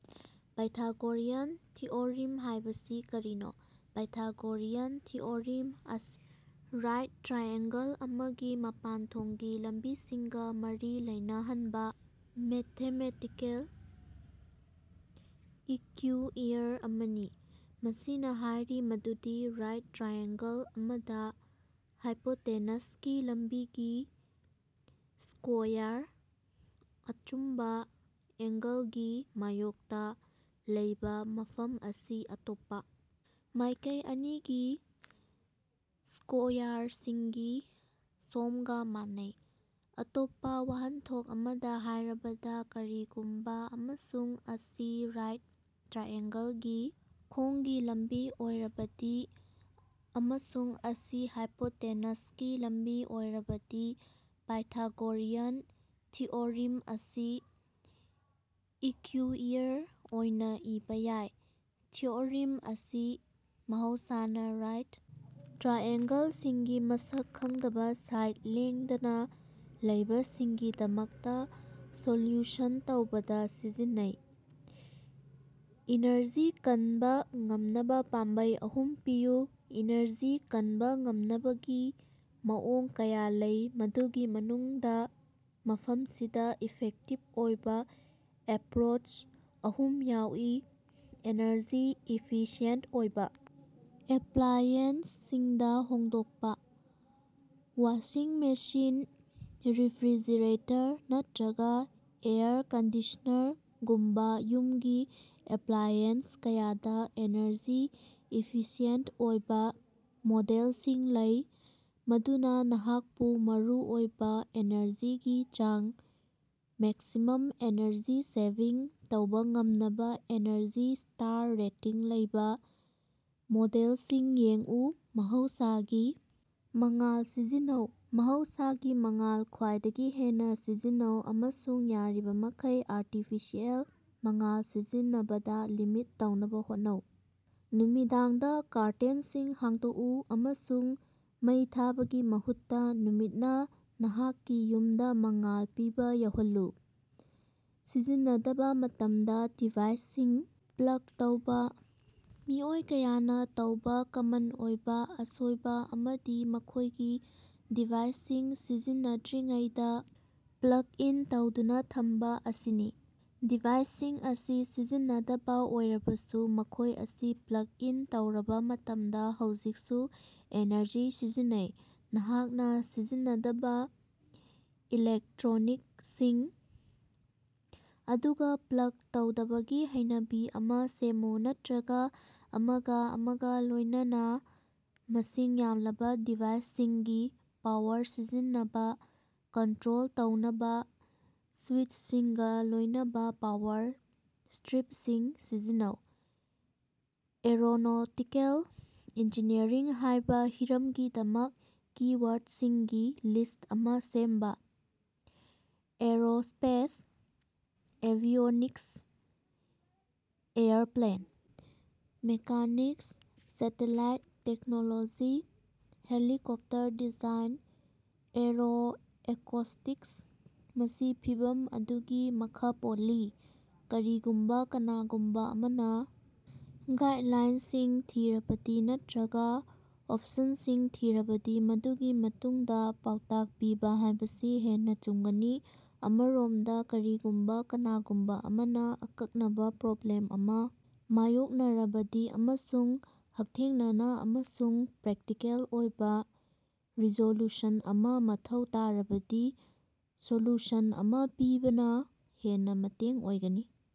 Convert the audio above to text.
Pythagorean theorem ꯍꯥꯏꯕꯁꯤ ꯀꯔꯤꯅꯣ? Pythagorean theorem ꯑꯁꯤ ꯔꯥꯏꯠ ꯇ꯭ꯔꯥꯏꯑꯦꯡꯒꯜ ꯑꯃꯒꯤ ꯃꯄꯥꯟꯊꯣꯡꯒꯤ ꯂꯝꯕꯤꯁꯤꯡꯒ ꯃꯔꯤ ꯂꯩꯅꯍꯟꯕ ꯃꯦꯊꯃꯦꯇꯤꯀꯦꯜ ꯏꯀ꯭ꯌꯨꯏꯌꯔ ꯑꯃꯅꯤ꯫ ꯃꯁꯤꯅ ꯍꯥꯏꯔꯤ ꯃꯗꯨꯗꯤ ꯔꯥꯏꯠ ꯇ꯭ꯔꯥꯏꯑꯦꯡꯒꯜ ꯑꯃꯗ ꯍꯥꯏꯄꯣꯇꯦꯅꯁꯀꯤ ꯂꯝꯕꯤꯒꯤ ꯁ꯭ꯀꯣꯌꯥꯔ ,ꯑꯆꯨꯝꯕ ꯑꯦꯡꯒꯜꯒꯤ ꯃꯥꯌꯣꯛꯇ ꯂꯩꯕ ꯃꯐꯝ ꯑꯁꯤ ꯑꯇꯣꯞꯄ ꯃꯥꯏꯀꯩ ꯑꯅꯤꯒꯤ ꯁ꯭ꯀꯣꯌꯥꯔꯁꯤꯡꯒꯤ ꯁꯣꯝꯒ ꯃꯥꯟꯅꯩ꯫ ꯑꯇꯣꯞꯄ ꯋꯥꯍꯟꯊꯣꯛ ꯑꯃꯗ ꯍꯥꯏꯔꯕꯗ, ꯀꯔꯤꯒꯨꯝꯕ ꯑꯃꯁꯨꯡ ꯑꯁꯤ ꯔꯥꯏꯠ ꯇ꯭ꯔꯥꯏꯑꯦꯡꯒꯜꯒꯤ ꯈꯣꯡꯒꯤ ꯂꯝꯕꯤ ꯑꯣꯏꯔꯕꯗꯤ ꯑꯃꯁꯨꯡ ꯑꯁꯤ ꯍꯥꯏꯄꯣꯇꯦꯅꯁꯀꯤ ꯂꯝꯕꯤ ꯑꯣꯏꯔꯕꯗꯤ, ꯄꯥꯏꯊꯥꯒꯣꯔꯤꯌꯟ ꯊꯤꯑꯣꯔꯤꯝ ꯑꯁꯤ ꯏꯀ꯭ꯌꯨꯏꯌꯔ ꯑꯣꯏꯅ ꯏꯕꯥ ꯌꯥꯏ꯫ ꯊꯤꯑꯣꯔꯤꯝ ꯑꯁꯤ ꯃꯍꯧꯁꯥꯅ ꯔꯥꯏꯠ ꯇ꯭ꯔꯥꯏꯑꯦꯡꯒꯜꯁꯤꯡꯒꯤ ꯃꯁꯛ ꯈꯪꯗꯕ ꯁꯥꯏꯗ ꯂꯦꯡꯗꯅ ꯂꯩꯕꯁꯤꯡꯒꯤꯗꯃꯛꯇ ꯁꯣꯂ꯭ꯌꯨꯁꯟ ꯇꯧꯕꯗ ꯁꯤꯖꯤꯟꯅꯩ꯫ ꯏꯅꯔꯖꯤ ꯀꯟꯕ ꯉꯝꯅꯕ ꯄꯥꯝꯕꯩ ꯑꯍꯨꯝ ꯄꯤꯌꯨ꯫ ꯏꯅꯔꯖꯤ ꯀꯟꯕ ꯉꯝꯅꯕꯒꯤ ꯃꯑꯣꯡ ꯀꯌꯥ ꯂꯩ, ꯃꯗꯨꯒꯤ ꯃꯅꯨꯡꯗ, ꯃꯐꯝꯁꯤꯗ ꯏꯐꯦꯛꯇꯤꯚ ꯑꯣꯏꯕ‌ ꯑꯦꯄꯔꯣꯆ ꯑꯍꯨꯝ ꯌꯥꯎꯏ - ꯑꯦꯅꯔꯖꯤ ꯏꯐꯤꯁꯤꯑꯦꯟꯇ ꯑꯣꯏꯕ ꯑꯦꯄ꯭ꯂꯥꯏꯑꯦꯟꯁꯁꯤꯡꯗ ꯍꯣꯡꯗꯣꯛꯄ -ꯋꯥꯁꯤꯡ ꯃꯦꯁꯤꯟ, ꯔꯦꯐ꯭ꯔꯤꯖꯔꯦꯇꯔ, ꯅꯠꯇꯔꯒ ꯑꯦꯌꯔ ꯀꯟꯗꯤꯁꯅ꯭ꯔꯒꯨꯝꯕ ꯌꯨꯝꯒꯤ ꯑꯦꯄ꯭ꯂꯥꯏꯑꯦꯟꯁ ꯀꯌꯥꯗ ꯑꯦꯅꯔꯖꯤ ꯏꯐꯤꯁꯤꯑꯦꯟꯇ ꯑꯣꯏꯕ ꯃꯣꯗꯦꯜꯁꯤꯡ ꯂꯩ, ꯃꯗꯨꯅ ꯅꯍꯥꯛꯄꯨ ꯃꯔꯨꯑꯣꯏꯕ ꯑꯦꯅꯔꯖꯤꯒꯤ ꯆꯥꯡ ꯃꯦꯛꯁꯤꯃꯝ ꯑꯦꯅꯔꯖꯤ ꯁꯦꯚꯤꯡ ꯇꯧꯕ ꯉꯝꯅꯕ ꯑꯦꯅꯔꯖꯤ ꯁ꯭ꯇꯥꯔ ꯔꯦꯇꯤꯡ ꯂꯩꯕ ꯃꯣꯗꯦꯜꯁꯤꯡ ꯌꯦꯡꯎ꯫ ꯃꯍꯧꯁꯥꯒꯤ ꯃꯉꯥꯜ ꯁꯤꯖꯤꯟꯅꯧ - ꯃꯍꯧꯁꯥꯒꯤ ꯃꯉꯥꯜ ꯈ꯭ꯋꯥꯏꯗꯒꯤ ꯍꯦꯟꯅ ꯁꯤꯖꯤꯟꯅꯧ ꯑꯃꯁꯨꯡ ꯌꯥꯔꯤꯕ ꯃꯈꯩ ꯑꯥꯔꯇꯤꯐꯤꯁꯤꯑꯦꯜ ꯃꯉꯥꯜ ꯁꯤꯖꯤꯟꯅꯕꯗ ꯂꯤꯃꯤꯠ ꯇꯧꯅꯕ ꯍꯣꯠꯅꯧ꯫ ꯅꯨꯃꯤꯗꯥꯡꯗ ꯀꯥꯔꯇꯦꯟꯁꯤꯡ ꯍꯥꯡꯗꯣꯛꯎ ꯑꯃꯁꯨꯡ ꯃꯩ ꯊꯥꯕꯒꯤ ꯃꯍꯨꯠꯇ ꯅꯨꯃꯤꯠꯅ ꯅꯍꯥꯛꯀꯤ ꯌꯨꯝꯗ ꯃꯉꯥꯜ ꯄꯤꯕ ꯌꯥꯍꯜꯂꯨ꯫ ꯁꯤꯖꯤꯟꯅꯗꯕ ꯃꯇꯝꯗ ꯗꯤꯚꯥꯏꯁꯁꯤꯡ ꯄ꯭ꯂꯒ ꯇꯧꯕ -ꯃꯤꯑꯣꯏ ꯀꯌꯥꯅ ꯇꯧꯕ ꯀꯃꯟ ꯑꯣꯏꯕ ꯑꯁꯣꯏꯕ ꯑꯃꯗꯤ ꯃꯈꯣꯏꯒꯤ ꯗꯤꯚꯥꯏꯁꯁꯤꯡ ꯁꯤꯖꯤꯟꯅꯗ꯭ꯔꯤꯉꯩꯗ ꯄ꯭ꯂꯒ ꯏꯟ ꯇꯧꯗꯨꯅ ꯊꯝꯕ ꯑꯁꯤꯅꯤ꯫ ꯗꯤꯚꯥꯏꯁꯁꯤꯡ ꯑꯁꯤ ꯁꯤꯖꯤꯟꯅꯗꯕ ꯑꯣꯏꯔꯕꯁꯨ, ꯃꯈꯣꯏ ꯑꯁꯤ ꯄ꯭ꯂꯒ ꯏꯟ ꯇꯧꯔꯕ ꯃꯇꯝꯗ ꯍꯧꯖꯤꯛꯁꯨ ꯑꯦꯅꯔꯖꯤ ꯁꯤꯖꯤꯟꯅꯩ, ꯅꯍꯥꯛꯅ ꯁꯤꯖꯤꯟꯅꯗꯕ ꯏꯂꯦꯛꯇ꯭ꯔꯣꯅꯤꯛꯁꯤꯡ ꯑꯗꯨꯒ ꯄ꯭ꯂꯒ ꯇꯧꯗꯕꯒꯤ ꯍꯩꯅꯕꯤ ꯑꯃ ꯁꯦꯝꯃꯨ, ꯅꯠꯇꯔꯒ ꯑꯃꯒꯥ ꯑꯃꯒꯥ ꯂꯣꯏꯅꯅ ꯃꯁꯤꯡ ꯌꯥꯝꯂꯕ‌ ꯗꯤꯚꯥꯏꯁꯁꯤꯡꯒꯤ ꯄꯥꯋꯔ ꯁꯤꯖꯤꯟꯅꯕ ꯀꯟꯇ꯭ꯔꯣꯜ ꯇꯧꯅꯕ ꯁꯨꯏꯆꯁꯤꯡꯒ ꯂꯣꯏꯅꯕ ꯄꯥꯋꯔ ꯁ꯭ꯇꯔꯤꯞꯁꯤꯡ ꯁꯤꯖꯤꯟꯅꯧ꯫ ꯑꯦꯔꯣꯅꯣꯇꯤꯀꯦꯜ ꯏꯟꯖꯤꯅꯤꯌꯔꯤꯡ ꯍꯥꯏꯕ ꯍꯤꯔꯝꯒꯤꯗꯃꯛ ꯀꯤ-ꯋꯥꯔꯗꯁꯤꯡꯒꯤ ꯂꯤꯁ꯭ꯠ ꯑꯃ ꯁꯦꯝꯕ꯫ Aerospace avionics airplane mechanics satellite technology helicopter design aeroacoustics ꯃꯁꯤ ꯐꯤꯚꯝ ꯑꯗꯨꯒꯤ ꯃꯈ ꯄꯣꯜꯂꯤ꯫ ꯀꯔꯤꯒꯨꯝꯕ ꯀꯅꯥꯒꯨꯝꯕ ꯑꯃꯅ ꯒꯥꯏꯗꯂꯥꯏꯟꯁꯤꯡ ꯊꯤꯔꯕꯗꯤ ꯅꯠꯇꯔꯒ ꯑꯣꯞꯁꯟꯁꯤꯡ ꯊꯤꯔꯕꯗꯤ, ꯃꯗꯨꯒꯤ ꯃꯇꯨꯡꯗ ꯄꯥꯎꯇꯥꯛ ꯄꯤꯕ ꯍꯥꯏꯕꯁꯤ ꯍꯦꯟꯅ ꯆꯨꯝꯒꯅꯤ꯫ ꯑꯃꯔꯣꯝꯗ, ꯀꯔꯤꯒꯨꯝꯕ ꯀꯅꯥꯒꯨꯝꯕ ꯑꯃꯅ ꯑꯀꯛꯅꯕ ꯄ꯭ꯔꯣꯕ꯭ꯂꯦꯝ ꯑꯃ ꯃꯥꯌꯣꯛꯅꯔꯕꯗꯤ ꯑꯃꯁꯨꯡ ꯍꯛꯊꯦꯡꯅꯅ ꯑꯃꯁꯨꯡ ꯄ꯭ꯔꯦꯛꯇꯤꯀꯦꯜ ꯑꯣꯏꯕ ꯔꯤꯖꯣꯂꯨꯁꯟ ꯑꯃ ꯃꯊꯧ ꯇꯥꯔꯕꯗꯤ ꯁꯣꯂꯨꯁꯟ ꯑꯃ ꯄꯤꯕꯅ ꯍꯦꯟꯅ ꯃꯇꯦꯡ ꯑꯣꯏꯒꯅꯤ꯫